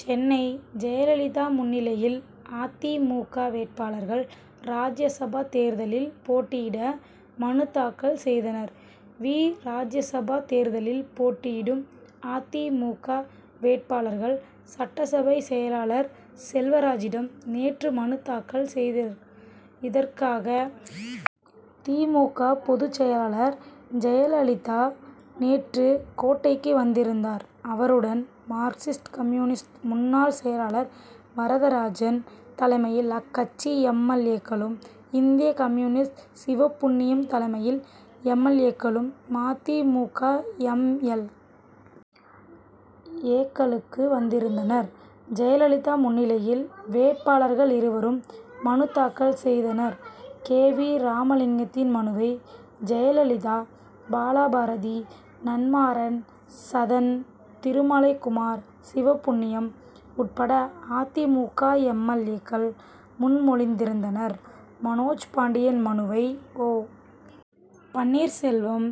சென்னை ஜெயலலிதா முன்னிலையில் அ. தி. மு. க. வேட்பாளர்கள் ராஜ்யசபா தேர்தலில் போட்டியிட மனு தாக்கல் செய்தனர். வி. ராஜ்யசபா தேர்தலில் போட்டியிடும் அ. தி. மு. க. வேட்பாளர் கள் சட்டசபை செயலர் செல்வராஜிடம் நேற்று மனு தாக்கல் செய்தனர். இதற்காக அ. தி. மு. க. பொதுச் செயலர் ஜெயலலிதா நேற்று கோட்டைக்கு வந்திருந்தார். இவருடன் மார்க்சிஸ்ட் கம்யூனிஸ்ட் முன்னாள் செயலர் வரதராஜன் தலைமையில் அக்கட்சி எம். எல். ஏ.க்களும் இந்திய கம்யூனிஸ்ட் சிவபுண்ணியம் தலைமையில் எம். எல். ஏ.க்களும் ம. தி. மு. க. எம். எல். ஏ.க் களும் வந்திருந்தனர். ஜெயலலிதா முன்னிலையில் வேட்பாளர்கள் இருவரும் மனு தாக்கல் செய்தனர். கே. வி. ராமலிங்கத்தின் மனுவை ஜெயலலிதா பாலபாரதி நன்மாறன் சதன் திருமலைக்குமார் சிவபுண்ணியம் உட்பட அ. தி. மு. க. எம். எல். ஏ.க்கள் முன்மொழிந் திருந்தனர். மனோஜ் பாண்டியன் மனுவை ஓ. பன்னீர்செல்வம்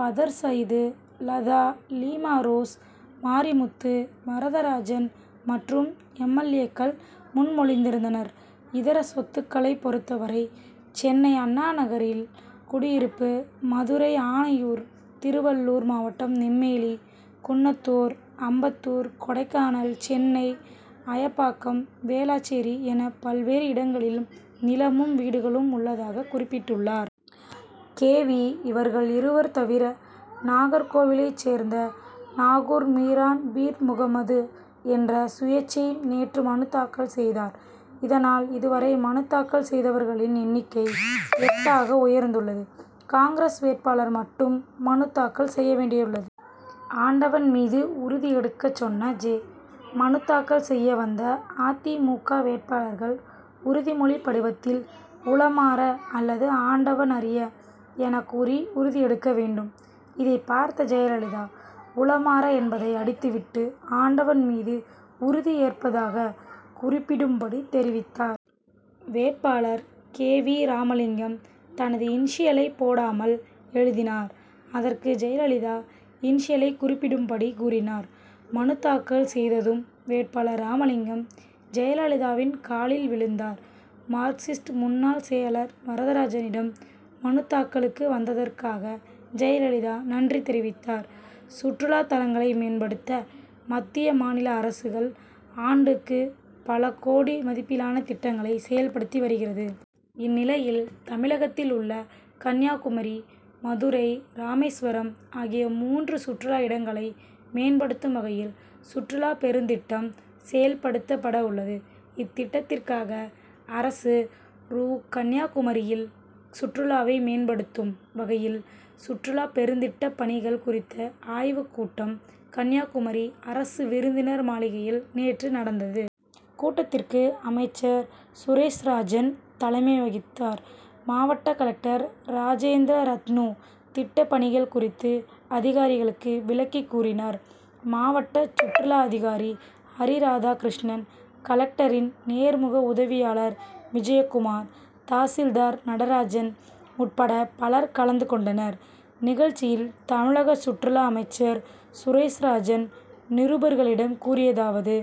பதர்சயீது லதா லீமாரோஸ் மாரிமுத்து வரதராஜன் மற்றும் எம். எல். ஏ.க்கள் முன்மொழிந்திருந்தனர். இதர சொத்துக் களை பொறுத்தவரை சென்னை அண்ணாநகரில் குடியிருப்பு மதுரை ஆணையூர் திருவள்ளூர் மாவட்டம் நெம்மேலி குன்னத் தூர் அம்பத்தூர் கொடைக்கானல் சென்னை அயப்பாக்கம் வேளச்சேரி என பல்வேறு இடங்களில் நிலமும் வீடுகளும் உள்ளதாக குறிப்பிட்டுள்ளார். கே. வி. இவர்கள் இருவர் தவிர நாகர்கோவிலைச் சேர்ந்த நாகூர் மீரான் பீர்முகமது என்ற சுயேச் சையும் நேற்று மனு தாக்கல் செய்தார். இதனால் இதுவரை மனு தாக்கல் செய்தவர்களின் எண்ணிக்கை எட்டு ஆக உயர்ந் துள்ளது. காங்கிரஸ் வேட்பாளர் மட்டும் மனு தாக்கல் செய்ய வேண்டியுள்ளது. ஆண்டவன் மீது உறுதி எடுக்கச் சொன்ன ஜெ. மனு தாக்கல் செய்ய வந்த அ. தி. மு. க. வேட்பாளர்கள் உறுதிமொழி படிவத்தில் உளமாற அல்லது ஆண்டவன் அறிய எனக் கூறி உறுதி எடுக்க வேண்டும். இதைப் பார்த்த ஜெயலலிதா உளமாற என்பதை அடித்துவிட்டு ஆண்டவன் மீது உறுதி ஏற்பதாக குறிப்பிடும்படி தெரிவித்தார். வேட்பாளர் கே. வி. ராமலிங்கம் தனது இனிஷியலை போடாமல் எழுதினார். அதற்கு ஜெயலலிதா இனிஷியலை குறிப்பிடும்படி கூறினார். மனு தாக்கல் செய்ததும் வேட்பாளர் ராமலிங்கம் ஜெயலலிதாவின் காலில் விழுந்தார். மார்க்சிஸ்ட் முன்னாள் செயலர் வரதராஜனிடம் மனு தாக்கலுக்கு வந்ததற்காக ஜெயலலிதா நன்றி தெரிவித்தார். சுற்றுலா தலங்களை மேம்படுத்த மத்திய மாநில அரசுகள் ஆண்டுக்கு பல கோடி மதிப்பிலான திட்டங்களை செயல்படுத்தி வருகிறது. இந்நிலையில் தமிழகத்தில் உள்ள கன்னியாகுமரி மதுரை ராமேஸ்வரம் ஆகிய மூன்று சுற்றுலா இடங்களை மேம்படுத்தும் வகையில் சுற்றுலா பெருந்திட்டம் செயல்படுத்தப்பட உள்ளது. இத்திட்டத்திற்காக அரசு ரூ. கன்னியாகுமரியில் சுற்றுலாவை மேம்படுத்தும் வகையில் சுற்றுலா பெருந்திட்டப் பணிகள் குறித்த ஆய்வுக்கூட்டம் கன்னியாகுமரி அரசு விருந்தினர் மாளிகையில் நேற்று நடந்தது. கூட்டத்திற்கு அமைச்சர் சுரேஷ்ராஜன் தலைமை வகித்தார். மாவட்ட கலெக்டர் ராஜேந்திர ரத்னூ திட்டப்பணிகள் குறித்து அதிகாரிகளுக்கு விளக்கி கூறினார். மாவட்ட சுற்றுலா அதிகாரி அரி ராதாகிருஷ்ணன் கலெக்டரின் நேர்முக உதவியாளர் விஜயகுமார் தாசில்தார் நடராஜன் உட்பட பலர் கலந்து கொண்டனர். நிகழ்ச்சியில் தமிழ சுற்றுலா அமைச்சர் சுரேஷ்ராஜன் நிருபர்களிடம் கூறியதாவது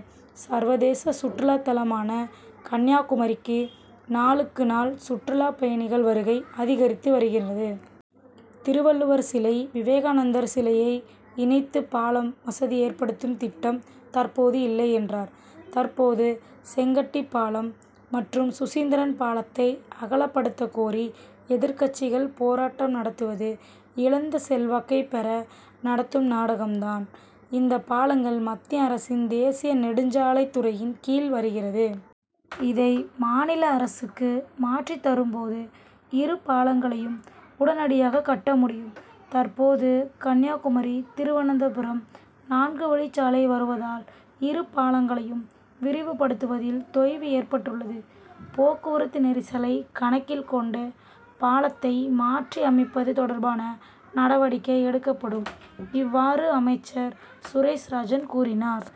சர்வதேச சுற்றுலா தலமான கன்னியாகுமரிக்கு நாளுக்கு நாள் சுற்றுலா பயணிகள் வருகை அதிகரித்து வருகிறது. திருவள்ளுவர்சிலை விவேகானந்தர் சிலையை இணைத்து பாலம் வசதி ஏற்படுத்தும் திட்டம் தற்போது இல்லை என்றார். தற்போது செங்கட்டி பலம் மற்றும் சுசீந்திரம் பாலத்தை அகலப்படுத்த கோரி எதிர்கட்சிகள் போராட்டம் நடத்துவது இழந்த செல்வாக்கை பெற நடத்தும் நாடகம்தான். இந்த பாலங்கள் மத்திய அரசின் தேசிய நெடுஞ்சாலை துறையின் கீழ் வருகிறது. இதை மாநில அரசுக்கு மாற்றி தரும்போது இரு பாலங்களை உடனடியாக கட்டமுடியும். தற்போது கன்னியாகுமரி- திருவனந்தபுரம் நான்கு வழி சாலை வருவதால் இரு பாலங்களையும் விரிவுபடுத்துவதில் தொய்வு ஏற்பட்டுள்ளது. போக்குவரத்து நெரிசலை கணக்கில் கொண்டு பாலத்தை மாற்றி அமைப்பது தொடர்பாக நடவடிக்கை எடுக்கப்படும். இவ்வாறு அமைச்சர் சுரேஷ்ராஜன் கூறினார்.